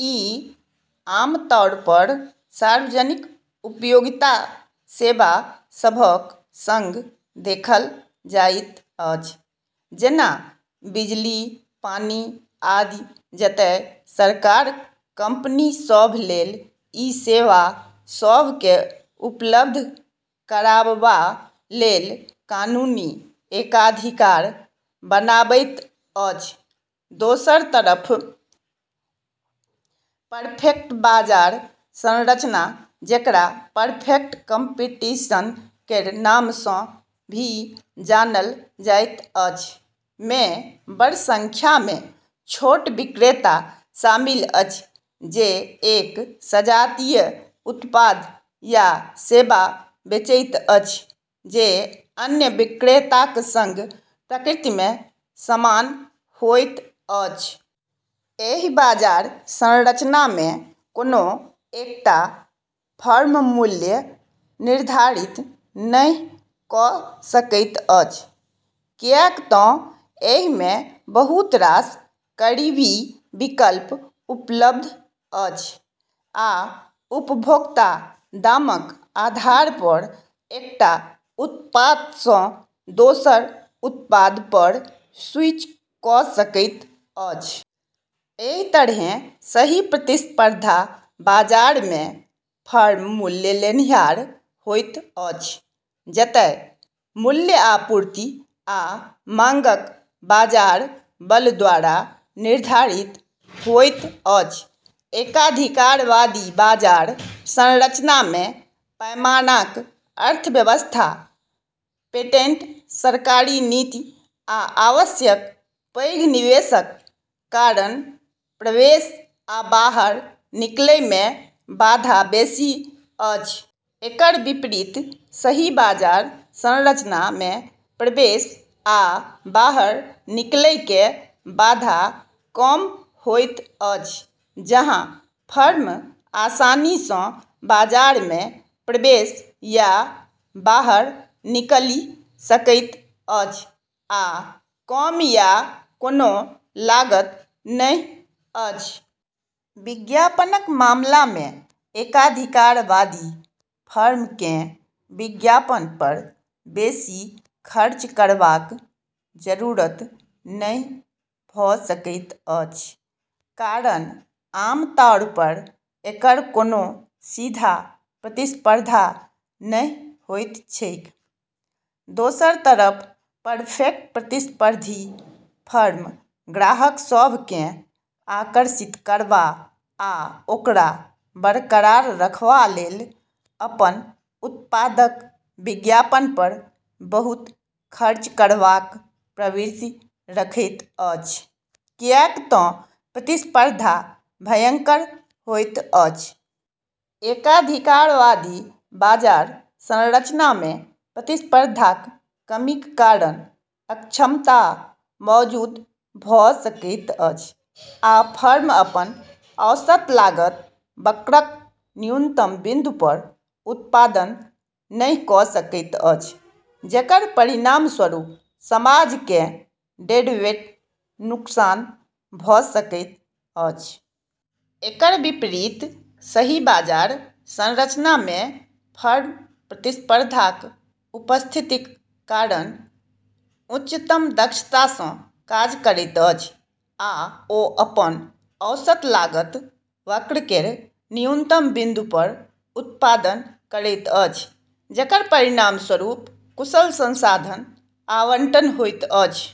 ई आमतौर पर सार्वजनिक उपयोगिता सेवा सभक सँग देखल जाइत अछि, जेना बिजली, पानी आदि जतए सरकार कंपनी सभ लेल ई सेवा सभ केँ उपलब्ध कराबबा लेल कानूनी एकाधिकार बनावैत अछि। दोसर तरफ, परफेक्ट बाजार संरचना जेकरा "परफेक्ट कम्पटीशन" केर नाम सँ भी जानल जाइत अछि, मे बड़ संख्या मे छोट विक्रेता शामिल अछि जे एक सजातीय उत्पाद या सेवा बेचैत अछि जे अन्य विक्रेताक सँग प्रकृति मे समान होइत अछि। एहि बाजार संरचना मे कोनो एकटा फर्म मूल्य निर्धारित नहि कऽ सकैत अछि, किएक तँ एहि मे बहुत रास करीबी विकल्प उपलब्ध अछि, आ उपभोक्ता दामक आधार पर एकटा उत्पाद सँ दोसर उत्पाद पर स्विच कऽ सकैत अछि। एहि तरहें, सही प्रतिस्पर्धा बाजार मे फर्म "मूल्य लेनिहार" होइत अछि, जतए मूल्य आपूर्ति आ मांगक बाजार बल द्वारा निर्धारित होइत अछि। एकाधिकारवादी बाजार संरचना मे, पैमानाक अर्थव्यवस्था, पेटेंट, सरकारी नीति, आ आवश्यक पैघ निवेशक कारण प्रवेश आ बाहर निकलै मे बाधा बेसि अछि। एकर विपरीत, सही बाजार संरचना मे प्रवेश आ बाहर निकलै के बाधा कम होइत अछि, जहाँ फर्म आसानी सँ बाजार मे प्रवेश या बाहर निकली सकैत अछि आ कम या कोनो लागत नहि अछि। विज्ञापनक मामला मे एकाधिकारवादी फर्म केँ विज्ञापन पर बेसी खर्च करबाक जरूरत नहि भऽ सकैत अछि, कारण आमतौर पर एकर कोनो सीधा प्रतिस्पर्धा नहि होइत छैक। दोसर तरफ परफेक्ट प्रतिस्पर्धी फर्म ग्राहक सभ केँ आकर्षित करबा आ ओकरा बरकरार रखबा लेल अपन उत्पादक विज्ञापन पर बहुत खर्च करबाक प्रवृत्ति रखैत अछि, किएक तँ प्रतिस्पर्धा भयंकर होइत अछि। एकाधिकारवादी बाजार संरचना मे प्रतिस्पर्धाक कमीक कारण अक्षमता मौजूद भऽ सकैत अछि आ फर्म अपन औसत लागत वक्रक न्यूनतम बिंदु पर उत्पादन नहि कऽ सकैत अछि, जेकर परिणामस्वरूप समाज केँ डेडवेट नुकसान भऽ सकैत अछि। एकर विपरीत, सही बाजार संरचना मे फर्म प्रतिस्पर्धाक उपस्थितिक कारण उच्चतम दक्षता सँ काज करैत अछि, आ ओ अपन औसत लागत वक्र केर न्यूनतम बिंदु पर उत्पादन करैत अछि, जेकर परिणामस्वरूप कुशल संसाधन आवंटन होइत अछि।